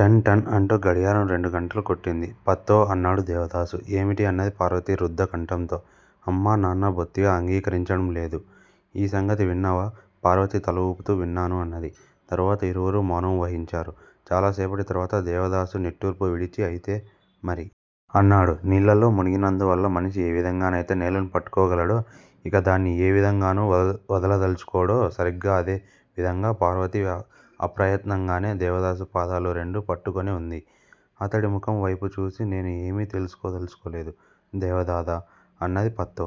టన్ టన్ అంటూ గడియారం రెండు గంటలు కొట్టింది. పత్తో! అన్నాడు దేవదాసు. ఏమిటి అన్నది పార్వతి రుద్ధకంఠంతో. అమ్మా, నాన్నా బొత్తిగా అంగీకరించడం లేదు. ఈ సంగతి విన్నావా? పార్వతి తల ఊపుతూ విన్నాను అన్నది. తరువాత ఇరువురూ మౌనం వహించారు. చాలా సేపటి తరువాత దేవదాసు నిట్టూర్పు విడిచి అయితే మరీ? అన్నాడు. నీళ్లల్లో మునిగినందువల్ల మనిషి ఏ విధంగానైతే నేలను పట్టుకోగలడో, ఇక దాన్ని ఏ విధంగానూ వదలదలచుకోడో సరిగ్గా అదే విధంగా పార్వతి అప్రయత్నంగానే దేవదాసు పాదాలు రెండూ పట్టుకొని ఉంది. అతడి ముఖం వైపు చూసి నేను ఏమీ తెలుసుకోదలచలేదు దేవదాదా! అన్నది. పత్తో!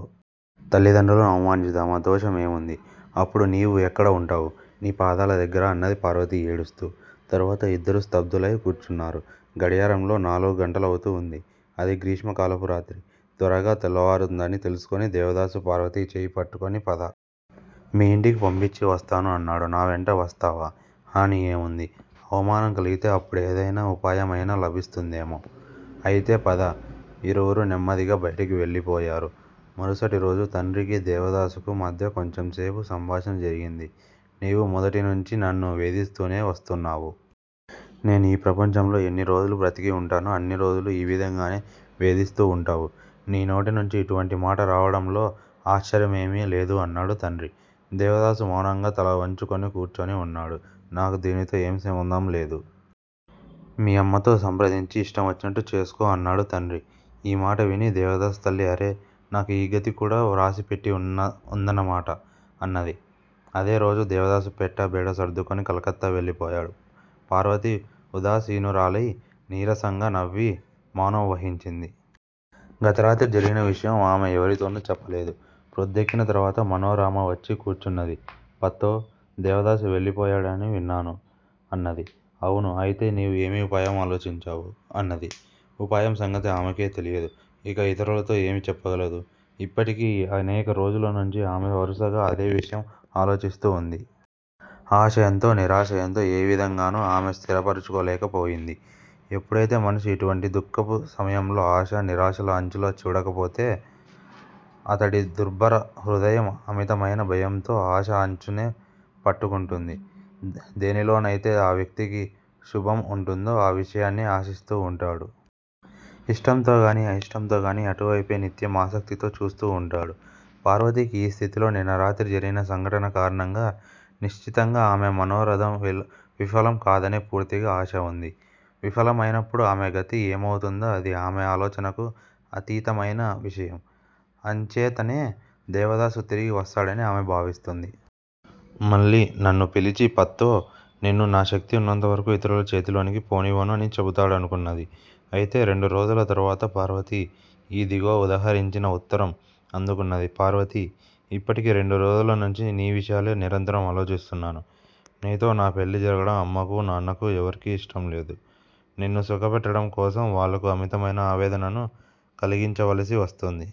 తల్లిదండ్రులను అవమానించుదామా? దోషం ఏముంది? అప్పుడు నీవు ఎక్కడ ఉంటావు? నీ పాదాల దగ్గర! అన్నది పార్వతి ఏడుస్తూ. తరువాత ఇద్దరూ స్తబ్దులై కూర్చున్నారు. గడియారంలో నాలుగు గంటలవుతూ ఉంది. అది గ్రీష్మకాలపు రాత్రి. త్వరగా తెల్లవారుతుందని తెలుసుకొని దేవదాసు పార్వతి చేయి పట్టుకొని పద! మీ ఇంటికి పంపించి వస్తాను అన్నాడు. నా వెంట వస్తావా? హాని ఏముంది? అవమానం కలిగితే అప్పుడేదైనా ఉపాయమైనా లభిస్తుందేమో! అయితే పద! ఇరువురూ నెమ్మదిగా బయటికి వెళ్లిపోయారు. మరుసటి రోజు తండ్రికీ దేవదాసుకూ మధ్య కొంచెం సేపు సంభాషణ జరిగింది. నీవు మొదటినుంచీ నన్ను వేధిస్తూనే వస్తున్నావు. నేను ఈ ప్రపంచంలో ఎన్ని రోజులు బ్రతికి ఉంటానో అన్ని రోజులు ఈ విధంగానే వేధిస్తూ ఉంటావు. నీ నోటినుంచి ఇటువంటి మాట రావడంలో ఆశ్చర్యమేమీ లేదు అన్నాడు తండ్రి. దేవదాసు మౌనంగా తల వంచుకొని కూర్చొని ఉన్నాడు. నాకు దీనితో ఏమీ సంబంధం లేదు. మీ అమ్మతో సంప్రదించి ఇష్టం వచ్చినట్టు చేసుకో అన్నాడు తండ్రి. ఈ మాట విని దేవదాసు తల్లి అరే, నాకు ఈ గతి కూడా వ్రాసి పెట్టి ఉందన్న మాట! అన్నది. అదే రోజు దేవదాసు పెట్టె, బేడా సర్దుకొని కలకత్తా వెళ్లిపోయాడు. పార్వతి ఉదాసీనురాలై నీరసంగా నవ్వి మౌనం వహించింది. గతరాత్రి జరిగిన విషయం ఆమె ఎవరితోనూ చెప్పలేదు. ప్రొద్దెక్కిన తరువాత మనోరమ వచ్చి కూర్చున్నది. పత్తో! దేవదాసు వెళ్లిపోయాడని విన్నాను? అన్నది. అవును. అయితే నీవు ఏమి ఉపాయం ఆలోచించావు? అన్నది. ఉపాయం సంగతి ఆమెకే తెలియదు, ఇక ఇతరులతో ఏమి చెప్పగలదు? ఇప్పటికి అనేక రోజుల నుంచి ఆమె వరుసగా అదే విషయం ఆలోచిస్తూ ఉంది. ఆశ ఎంతో, నిరాశ ఎంతో ఏ విధంగానూ ఆమె స్థిరపరచుకోలేక పోయింది. ఎప్పుడైతే మనిషి ఇటువంటి దుఃఖపు సమయంలో ఆశ, నిరాశల అంచులు చూడకపోతే అతడి దుర్భర హృదయం అమితమైన భయంతో ఆశ అంచునే పట్టుకుంటుంది. దేనిలోనైతే ఆ వ్యక్తికి శుభం ఉంటుందో ఆ విషయాన్నే ఆశిస్తూ ఉంటాడు. ఇష్టంతోగానీ, అయిష్టంతోగానీ అటువైపే నిత్యం ఆసక్తితో చూస్తూ ఉంటాడు. పార్వతికి ఈ స్థితిలో నిన్నరాత్రి జరిగిన సంఘటన కారణంగా నిశ్చితంగా ఆమె మనోరథం విఫలం కాదనే పూర్తిగా ఆశ ఉంది. విఫలమైనప్పుడు ఆమె గతి ఏమవుతుందో అది ఆమె ఆలోచనకు అతీతమైన విషయం. అంచేతనే దేవదాసు తిరిగి వస్తాడని ఆమె భావిస్తుంది. మళ్లీ నన్ను పిలిచి పత్తో! నిన్ను నా శక్తి ఉన్నంతవరకు ఇతరుల చేతిలోనికి పోనివ్వను అని చెబుతాడనుకున్నది. అయితే రెండు రోజుల తరువాత పార్వతి ఈ దిగువ ఉదాహరించిన ఉత్తరం అందుకున్నది. పార్వతీ, ఇప్పటికి రెండు రోజుల నుంచి నీ విషయాలే నిరంతరం ఆలోచిస్తున్నాను. నీతో నా పెళ్లి జరగడం అమ్మకూ, నాన్నకూ ఎవరికీ ఇష్టంలేదు. నిన్ను సుఖపెట్టడం కోసం వాళ్లకు అమితమైన వేదనను కలిగించవలసి వస్తుంది.